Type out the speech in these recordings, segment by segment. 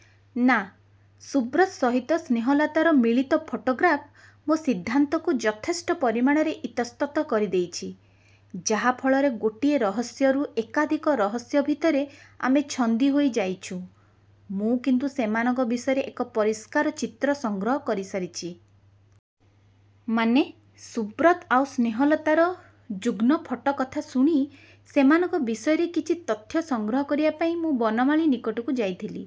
' 'ନା। ସୁବ୍ରତ ସହିତ ସ୍ନେହଲତାର ମିଳିତ ଫଟୋଗ୍ରାଫ୍ ମୋ ସିଦ୍ଧାନ୍ତକୁ ଯଥେଷ୍ଟ ପରିମାଣରେ ଇତସ୍ତତଃ କରିଦେଇଛି, ଯାହା ଫଳରେ ଗୋଟିଏ ରହସ୍ୟରୁ ଏକାଧିକ ରହସ୍ୟ ଭିତରେ ଆମେ ଛନ୍ଦି ହୋଇ ଯାଇଛୁଁ। ' 'ମୁଁ କିନ୍ତୁ ସେମାନଙ୍କ ବିଷୟରେ ଏକ ପରିଷ୍କାର ଚିତ୍ର ସଂଗ୍ରହ କରିସାରିଛି। ' 'ମାନେ.? ' 'ସୁବ୍ରତ ଆଉ ସ୍ନେହଲତାର ଯୁଗ୍ନ ଫଟୋ କଥା ଶୁଣି, ସେମାନଙ୍କ ବିଷୟରେ କିଛି ତଥ୍ୟ ସଂଗ୍ରହ କରିବାପାଇଁ ମୁଁ ବନମାଳୀ ନିକଟକୁ ଯାଇଥିଲି।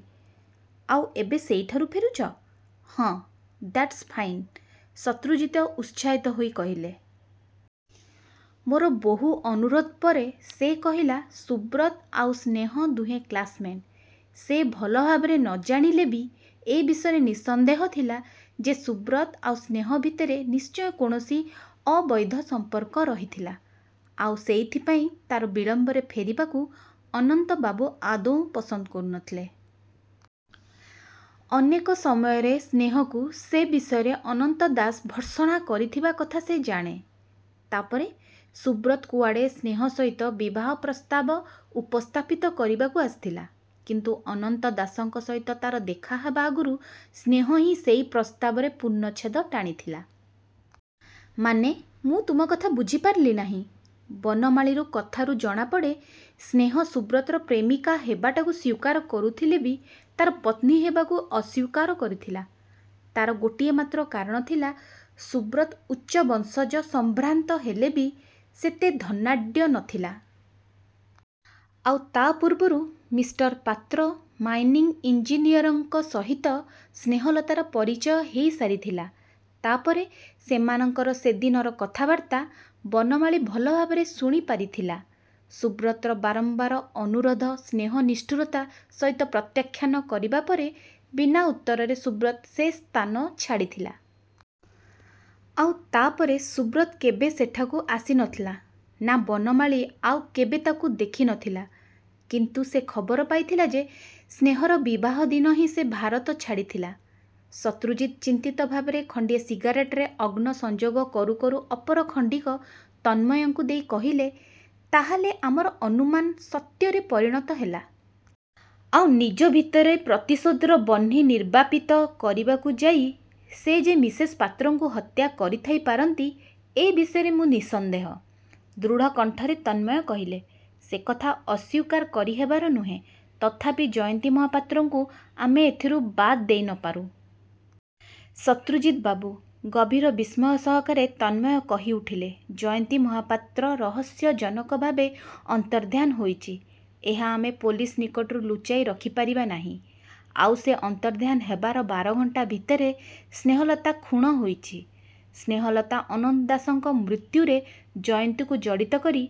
' 'ଆଉ ଏବେ ସେଇଠାରୁ ଫେରୁଛ? ' 'ହଁ। ' 'ଦ୍ୟାଟ୍ସ ଫାଇନ୍! ' ଶତ୍ରୁଜିତ ଉତ୍ସାହିତ ହେଇ କହିଲେ। 'ମୋର ବହୁ ଅନୁରୋଧ ପରେ ସେ କହିଲା, ସୁବ୍ରତ ଆଉ ସ୍ନେହ ଦୁହେଁ କ୍ଲାସମେଟ୍। ସେ ଭଲ ଭାବରେ ନ ଜାଣିଲେ ବି ଏ ବିଷୟରେ ନିଃସନ୍ଦେହ ଥିଲା ଯେ ସୁବ୍ରତ ଆଉ ସ୍ନେହ ଭିତରେ ନିଶ୍ଚୟ କୌଣସି ଅବୈଧ ସଂପର୍କ ରହିଥିଲା। ଆଉ ସେଇଥିପାଇଁ ତାର ବିଳମ୍ବରେ ଫେରିବାକୁ ଅନନ୍ତବାବୁ ଆଦୌ ପସନ୍ଦ କରୁ ନ ଥିଲେ। ଅନେକ ସମୟରେ ସ୍ନେହକୁ ସେ ବିଷୟରେ ଅନନ୍ତ ଦାସ ଭର୍ତ୍ସନା କରିଥିବା କଥା ସେ ଜାଣେ। ' 'ତାପରେ? ' 'ସୁବ୍ରତ କୁଆଡ଼େ ସ୍ନେହ ସହିତ ବିବାହ ପ୍ରସ୍ତାବ ଉପସ୍ଥାପିତ କରିବାକୁ ଆସିଥିଲା। କିନ୍ତୁ ଅନନ୍ତ ଦାସଙ୍କ ସହିତ ତାର ଦେଖା ହେବା ଆଗରୁ ସ୍ନେହ ହିଁ ସେହି ପ୍ରସ୍ତାବରେ ପୂର୍ଣ୍ଣଛେଦ ଟାଣିଥିଲା। ' 'ମାନେ ମୁଁ ତମ କଥା ବୁଝିପାରିଲି ନାହିଁ। ' 'ବନମାଳୀର କଥାରୁ ଜଣାପଡ଼େ, ସ୍ନେହ ସୁବ୍ରତର ପ୍ରେମିକା ହେବାଟାକୁ ସ୍ୱୀକାର କରୁଥିଲେ ବି ତାର ପତ୍ନୀ ହେବାକୁ ଅସ୍ୱୀକାର କରିଥିଲା। ତାର ଗୋଟିଏ ମାତ୍ର କାରଣ ଥିଲା, ସୁବ୍ରତ ଉଚ୍ଚବଂଶଜ ସମ୍ଭ୍ରାନ୍ତ ହେଲେ ବି ସେତେ ଧନାଢ଼୍ୟ ନ ଥିଲା। ଆଉ ତା ପୂର୍ବରୁ ମି: ପାତ୍ର, ମାଇନିଙ୍ଗ ଇଂଜିନିୟରଙ୍କ ସହିତ ସ୍ନେହଲତାର ପରିଚୟ ହେଇସାରିଥିଲା। ' 'ତା'ପରେ.? ' 'ସେମାନଙ୍କର ସେଦିନର କଥାବାର୍ତ୍ତା ବନମାଳୀ ଭଲଭାବରେ ଶୁଣିପାରିଥିଲା। ସୁବ୍ରତର ବାରମ୍ବାର ଅନୁରୋଧ ସ୍ନେହ ନିଷ୍ଠୁରତା ସହିତ ପ୍ରତ୍ୟାଖ୍ୟାନ କରିବା ପରେ, ବିନା ଉତ୍ତରରେ ସୁବ୍ରତ ସେ ସ୍ଥାନ ଛାଡ଼ିଥିଲା। ' 'ଆଉ ତା ପରେ ସୁବ୍ରତ କେବେ ସେଠାକୁ ଆସି ନ ଥିଲା? ' 'ନା, ବନମାଳୀ ଆଉ କେବେ ତାକୁ ଦେଖି ନ ଥିଲା। କିନ୍ତୁ ସେ ଖବର ପାଇଥିଲା ଯେ ସ୍ନେହର ବିବାହ ଦିନ ହିଁ ସେ ଭାରତ ଛାଡ଼ି ଥିଲା। ' ଶତ୍ରୁଜିତ ଚିନ୍ତିତ ଭାବରେ ଖଣ୍ଡିଏ ସିଗାରେଟରେ ଅଗ୍ନ ସଂଯୋଗ କରୁ କରୁ ଅପର ଖଣ୍ଡିକ ତନ୍ମୟଙ୍କୁ ଦେଇ କହିଲେ, 'ତା'ହେଲେ ଆମର ଅନୁମାନ ସତ୍ୟରେ ପରିଣତ ହେଲା? ' 'ଆଉ ନିଜ ଭିତରେ ପ୍ରତିଶୋଧର ବହ୍ନି ନିର୍ବାପିତ କରିବାକୁ ଯାଇ ସେ ଯେ ମିସେସ ପାତ୍ରଙ୍କୁ ହତ୍ୟା କରିଥାଇ ପାରନ୍ତି ଏ ବିଷୟରେ ମୁଁ ନିଃସନ୍ଦେହ। ' ଦୃଢ଼ କଣ୍ଠରେ ତନ୍ମୟ କହିଲେ। ସେ କଥା ଅସ୍ୱୀକାର କରିହେବାର ନୁହେଁ, ତଥାପି ଜୟନ୍ତୀ ମହାପାତ୍ରକୁ ଆମେ ଏଥିରୁ ବାଦ ଦେଇ ନ ପାରୁଁ। ' 'ଶତ୍ରୁଜିତବାବୁ! ' ଗଭୀର ବିସ୍ମୟ ସହକାରେ ତନ୍ମୟ କହିଉଠିଲେ। 'ଜୟନ୍ତୀ ମହାପାତ୍ର ରହସ୍ୟଜନକଭାବେ ଅନ୍ତର୍ଦ୍ଧାନ ହୋଇଛି, ଏହା ଆମେ ପୋଲିସ ନିକଟରୁ ଲୁଚାଇ ରଖିପାରିବା ନାହିଁ। ଆଉ ସେ ଅନ୍ତର୍ଦ୍ଧାନ ହେବାର ବାର ଘଣ୍ଟା ଭିତରେ ସ୍ନେହଲତା ଖୁଣ୍ ହୋଇଛି। ସ୍ନେହଲତା ଅନନ୍ତ ଦାସଙ୍କ ମୃତ୍ୟୁରେ ଜୟନ୍ତୀକୁ ଜଡ଼ିତ କରି